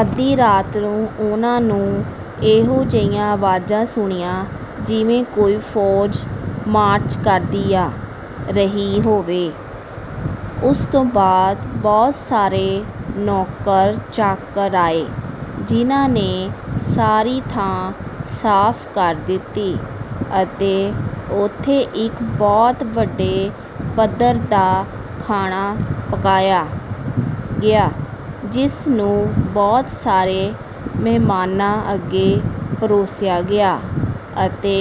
ਅੱਧੀ ਰਾਤ ਨੂੰ ਉਨ੍ਹਾਂ ਨੂੰ ਇਹੋ ਜਿਹੀਆਂ ਆਵਾਜ਼ਾਂ ਸੁਣੀਆਂ ਜਿਵੇਂ ਕੋਈ ਫ਼ੌਜ ਮਾਰਚ ਕਰਦੀ ਆ ਰਹੀ ਹੋਵੇ। ਉਸ ਤੋਂ ਬਾਅਦ ਬਹੁਤ ਸਾਰੇ ਨੌਕਰ-ਚਾਕਰ ਆਏ ਜਿਨ੍ਹਾਂ ਨੇ ਸਾਰੀ ਥਾਂ ਸਾਫ਼ ਕਰ ਦਿੱਤੀ ਅਤੇ ਉੱਥੇ ਇੱਕ ਬਹੁਤ ਵੱਡੇ ਪੱਧਰ ਦਾ ਖਾਣਾ ਪਕਾਇਆ ਗਿਆ, ਜਿਸ ਨੂੰ ਬਹੁਤ ਸਾਰੇ ਮਹਿਮਾਨਾਂ ਅੱਗੇ ਪਰੋਸਿਆ ਗਿਆ ਅਤੇ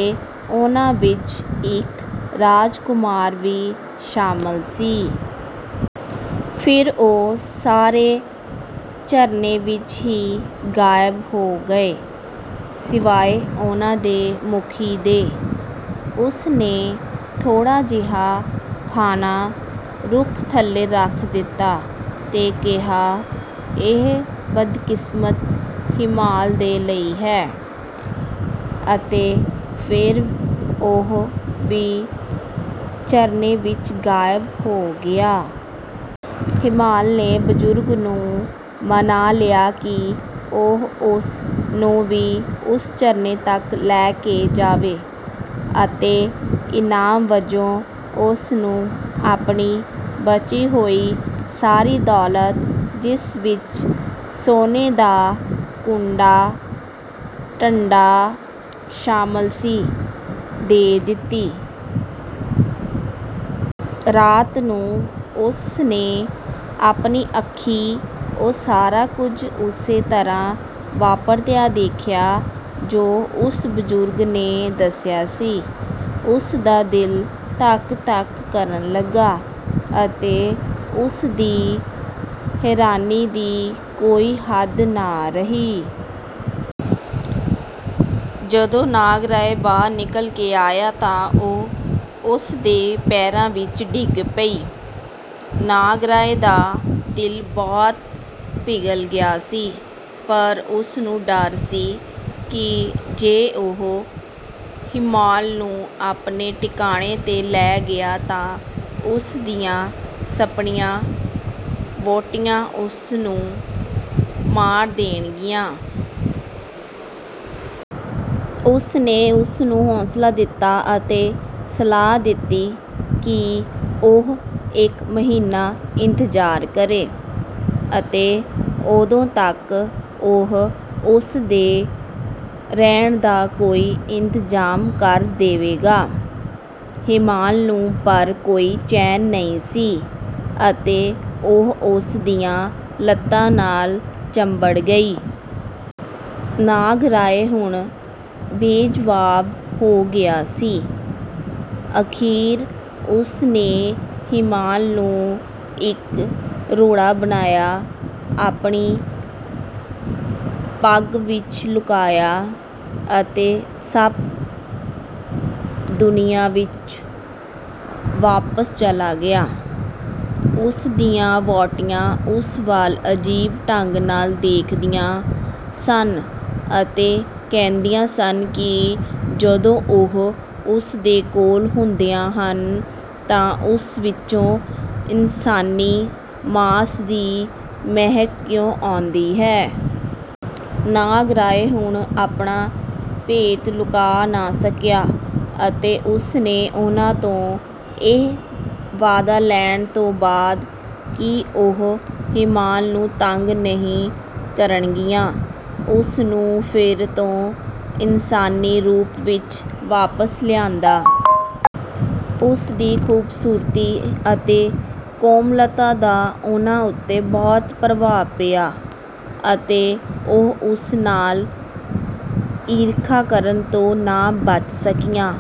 ਉਨ੍ਹਾਂ ਵਿੱਚ ਇੱਕ ਰਾਜਕੁਮਾਰ ਵੀ ਸ਼ਾਮਲ ਸੀ। ਫਿਰ ਉਹ ਸਾਰੇ ਝਰਨੇ ਵਿੱਚ ਹੀ ਗਾਇਬ ਹੋ ਗਏ, ਸਿਵਾਏ ਉਨ੍ਹਾਂ ਦੇ ਮੁਖੀ ਦੇ। ਉਸ ਨੇ ਥੋੜ੍ਹਾ ਜਿਹਾ ਖਾਣਾ ਰੁੱਖ ਥੱਲੇ ਰੱਖ ਦਿੱਤਾ ਤੇ ਕਿਹਾ, "ਇਹ ਬਦਕਿਸਮਤ ਹੀਮਾਲ ਦੇ ਲਈ ਹੈ।" ਅਤੇ ਫਿਰ ਉਹ ਵੀ ਝਰਨੇ ਵਿੱਚ ਗਾਇਬ ਹੋ ਗਿਆ। ਹੀਮਾਲ ਨੇ ਬਜ਼ੁਰਗ ਨੂੰ ਮਨਾ ਲਿਆ ਕਿ ਉਹ ਉਸ ਨੂੰ ਵੀ ਉਸ ਝਰਨੇ ਤੱਕ ਲੈ ਕੇ ਜਾਵੇ ਅਤੇ ਇਨਾਮ ਵਜੋਂ ਉਸ ਨੂੰ ਆਪਣੀ ਬਚੀ ਹੋਈ ਸਾਰੀ ਦੌਲਤ, ਜਿਸ ਵਿੱਚ ਸੋਨੇ ਦਾ ਕੂੰਡਾ-ਡੰਡਾ ਸ਼ਾਮਲ ਸੀ, ਦੇ ਦਿੱਤੀ। ਰਾਤ ਨੂੰ ਉਸ ਨੇ ਆਪਣੀ ਅੱਖੀਂ ਉਹ ਸਾਰਾ ਕੁਝ ਉਸੇ ਤਰ੍ਹਾਂ ਵਾਪਰਦਾ ਦੇਖਿਆ ਜੋ ਉਸ ਬਜ਼ੁਰਗ ਨੇ ਦੱਸਿਆ ਸੀ। ਉਸ ਦਾ ਦਿਲ ਧੱਕ-ਧੱਕ ਕਰਨ ਲੱਗਾ ਅਤੇ ਉਸ ਦੀ ਹੈਰਾਨੀ ਦੀ ਕੋਈ ਹੱਦ ਨਾ ਰਹੀ। ਜਦੋਂ ਨਾਗਰਾਇ ਬਾਹਰ ਨਿਕਲ ਕੇ ਆਇਆ ਤਾਂ ਉਹ ਉਸ ਦੇ ਪੈਰਾਂ ਵਿੱਚ ਡਿੱਗ ਪਈ। ਨਾਗਰਾਇ ਦਾ ਦਿਲ ਬਹੁਤ ਪਿਘਲ ਗਿਆ ਸੀ ਪਰ ਉਸ ਨੂੰ ਡਰ ਸੀ ਕਿ ਜੇ ਉਹ ਹੀਮਾਲ ਨੂੰ ਆਪਣੇ ਟਿਕਾਣੇ 'ਤੇ ਲੈ ਗਿਆ ਤਾਂ ਉਸ ਦੀਆਂ ਸੱਪਣੀਆਂ-ਵਹੁਟੀਆਂ ਉਸ ਨੂੰ ਮਾਰ ਦੇਣਗੀਆਂ। ਉਸ ਨੇ ਉਸ ਨੂੰ ਹੌਸਲਾ ਦਿੱਤਾ ਅਤੇ ਸਲਾਹ ਦਿੱਤੀ ਕਿ ਉਹ ਇੱਕ ਮਹੀਨਾ ਇੰਤਜ਼ਾਰ ਕਰੇ ਅਤੇ ਉਦੋਂ ਤੱਕ ਉਹ ਉਸ ਦੇ ਰਹਿਣ ਦਾ ਕੋਈ ਇੰਤਜ਼ਾਮ ਕਰ ਦੇਵੇਗਾ। ਹੀਮਾਲ ਨੂੰ ਪਰ ਕੋਈ ਚੈਨ ਨਹੀਂ ਸੀ ਅਤੇ ਉਹ ਉਸ ਦੀਆਂ ਲੱਤਾਂ ਨਾਲ ਚੰਬੜ ਗਈ। ਨਾਗਰਾਇ ਹੁਣ ਬੇਜਵਾਬ ਹੋ ਗਿਆ ਸੀ। ਅਖੀਰ ਉਸ ਨੇ ਹੀਮਾਲ ਨੂੰ ਇੱਕ ਰੋੜਾ ਬਣਾਇਆ, ਆਪਣੀ ਪੱਗ ਵਿੱਚ ਲੁਕਾਇਆ ਅਤੇ ਸੱਪ-ਦੁਨੀਆ ਵਿੱਚ ਵਾਪਸ ਚਲਾ ਗਿਆ। ਉਸ ਦੀਆਂ ਵਹੁਟੀਆਂ ਉਸ ਵੱਲ ਅਜੀਬ ਢੰਗ ਨਾਲ ਵੇਖਦੀਆਂ ਸਨ ਅਤੇ ਕਹਿੰਦੀਆਂ ਸਨ ਕਿ ਜਦੋਂ ਉਹ ਉਸ ਦੇ ਕੋਲ ਹੁੰਦੀਆਂ ਹਨ ਤਾਂ ਉਸ ਵਿੱਚੋਂ ਇਨਸਾਨੀ ਮਾਸ ਦੀ ਮਹਿਕ ਕਿਉਂ ਆਉਂਦੀ ਹੈ। ਨਾਗਰਾਇ ਹੁਣ ਆਪਣਾ ਭੇਤ ਲੁਕਾ ਨਾ ਸਕਿਆ ਅਤੇ ਉਸ ਨੇ ਉਨ੍ਹਾਂ ਤੋਂ ਇਹ ਵਾਅਦਾ ਲੈਣ ਤੋਂ ਬਾਅਦ ਕਿ ਉਹ ਹੀਮਾਲ ਨੂੰ ਤੰਗ ਨਹੀਂ ਕਰਨਗੀਆਂ, ਉਸ ਨੂੰ ਫਿਰ ਤੋਂ ਇਨਸਾਨੀ ਰੂਪ ਵਿੱਚ ਵਾਪਸ ਲਿਆਂਦਾ। ਉਸ ਦੀ ਖ਼ੂਬਸੂਰਤੀ ਅਤੇ ਕੋਮਲਤਾ ਦਾ ਉਨ੍ਹਾਂ ਉੱਤੇ ਬਹੁਤ ਪ੍ਰਭਾਵ ਪਿਆ ਅਤੇ ਉਹ ਉਸ ਨਾਲ ਈਰਖਾ ਕਰਨ ਤੋਂ ਨਾ ਬਚ ਸਕੀਆਂ।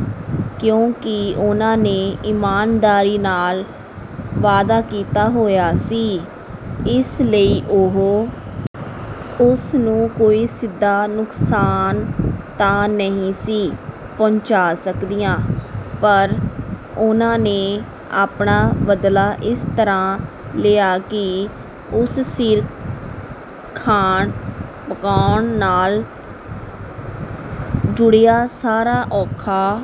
ਕਿਉਂਕਿ ਉਨ੍ਹਾਂ ਨੇ ਇਮਾਨਦਾਰੀ ਨਾਲ ਵਾਅਦਾ ਕੀਤਾ ਹੋਇਆ ਸੀ, ਇਸ ਲਈ ਉਹ ਉਸ ਨੂੰ ਕੋਈ ਸਿੱਧਾ ਨੁਕਸਾਨ ਤਾਂ ਨਹੀਂ ਸੀ ਪਹੁੰਚਾ ਸਕਦੀਆਂ, ਪਰ ਉਨ੍ਹਾਂ ਨੇ ਆਪਣਾ ਬਦਲਾ ਇਸ ਤਰ੍ਹਾਂ ਲਿਆ ਕਿ ਉਸ ਸਿਰ ਖਾਣ-ਪਕਾਉਣ ਨਾਲ ਜੁੜਿਆ ਸਾਰਾ ਔਖਾ